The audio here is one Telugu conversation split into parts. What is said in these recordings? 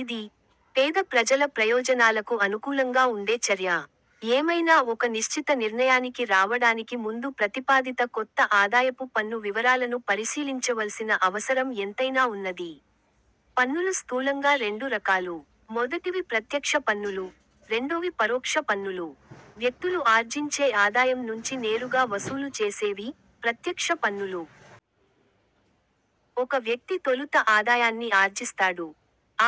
ఇది, పేద ప్రజల ప్రయోజనాలకు అనుకూలంగా ఉండే చర్య. ఏమైనా ఒక నిశ్చిత నిర్ణయానికి రావడానికి ముందు ప్రతిపాదిత కొత్త ఆదాయపు పన్ను వివరాలను పరిశీలించవల్సిన అవసరం ఎంతైనా ఉన్నది. పన్నులు స్థూలంగా రెండు రకాలు. మొదటివి ప్రత్యక్ష పన్నులు; రెండోవి పరోక్ష పన్నులు. వ్యక్తులు ఆర్జించే ఆదాయం నుంచి నేరుగా వసూలు చేసేవి 'ప్రత్యక్ష పన్నులు'. ఒక వ్యక్తి తొలుత ఆదాయాన్ని ఆర్జిస్తాడు;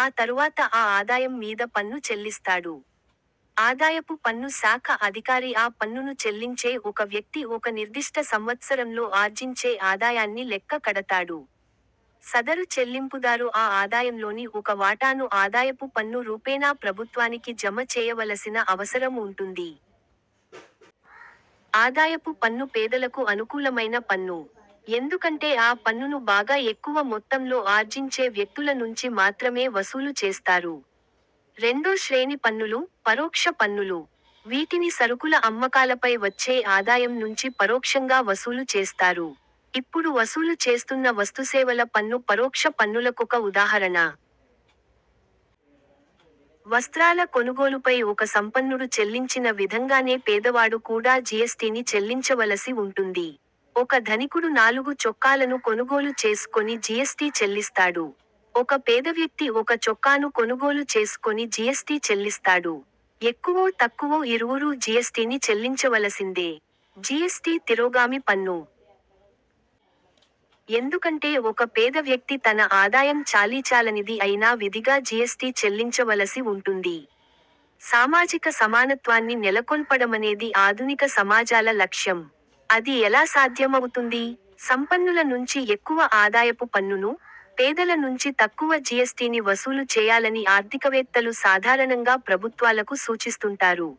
ఆ తరువాత ఆ ఆదాయం మీద పన్ను చెల్లిస్తాడు. ఆదాయపు పన్ను శాఖ అధికారి ఆ పన్నును చెల్లించే ఒక వ్యక్తి ఒక నిర్దిష్ట సంవత్సరంలో ఆర్జించే ఆదాయాన్ని లెక్క కడతాడు. సదరు చెల్లింపుదారు ఆ ఆదాయంలోని ఒక వాటాను ఆదాయపు పన్ను రూపేణా ప్రభుత్వానికి జమ చేయవలసిన అవసరం ఉంటుంది. ఆదాయపు పన్ను పేదలకు అనుకూలమైన పన్ను. ఎందుకంటే ఆ పన్నును బాగా ఎక్కువ మొత్తంలో ఆర్జించే వ్యక్తుల నుంచి మాత్రమే వసూలు చేస్తారు. రెండో శ్రేణి పన్నులు – 'పరోక్ష పన్నులు'. వీటిని సరుకుల అమ్మకాలపై వచ్చే ఆదాయం నుంచి పరోక్షంగా వసూలు చేస్తారు. ఇప్పుడు వసూలు చేస్తున్న వస్తుసేవల పన్ను పరోక్ష పన్నులకొక ఉదాహరణ. వస్త్రాల కొనుగోలుపై ఒక సంపన్నుడు చెల్లించిన విధంగానే పేదవాడు కూడా జీఎస్టీని చెల్లించవలసి వుంటుంది. ఒక ధనికుడు నాలుగు చొక్కాలను కొనుగోలు చేసుకొని జీఎస్టీ చెల్లిస్తాడు. ఒక పేదవ్యక్తి ఒక చొక్కాను కొనుగోలు చేసుకొని జీఎస్టీ చెల్లిస్తాడు. ఎక్కువో తక్కువో ఇరువురూ జీఎస్టీని చెల్లించవలసిందే. జీఎస్టీ తిరోగామి పన్ను. ఎందుకంటే ఒక పేద వ్యక్తి తన ఆదాయం చాలీచాలనిది అయినా విధిగా జీఎస్టీ చెల్లించవలసి వుంటుంది. సామాజిక సమానత్వాన్ని నెలకొల్పడమనేది ఆధునిక సమాజాల లక్ష్యం. అది ఎలా సాధ్యమవుతుంది? సంపన్నుల నుంచి ఎక్కువ ఆదాయపు పన్నును, పేదల నుంచి తక్కువ జీఎస్టీని వసూలు చేయాలని ఆర్థికవేత్తలు సాధారణంగా ప్రభుత్వాలకు సూచిస్తుంటారు.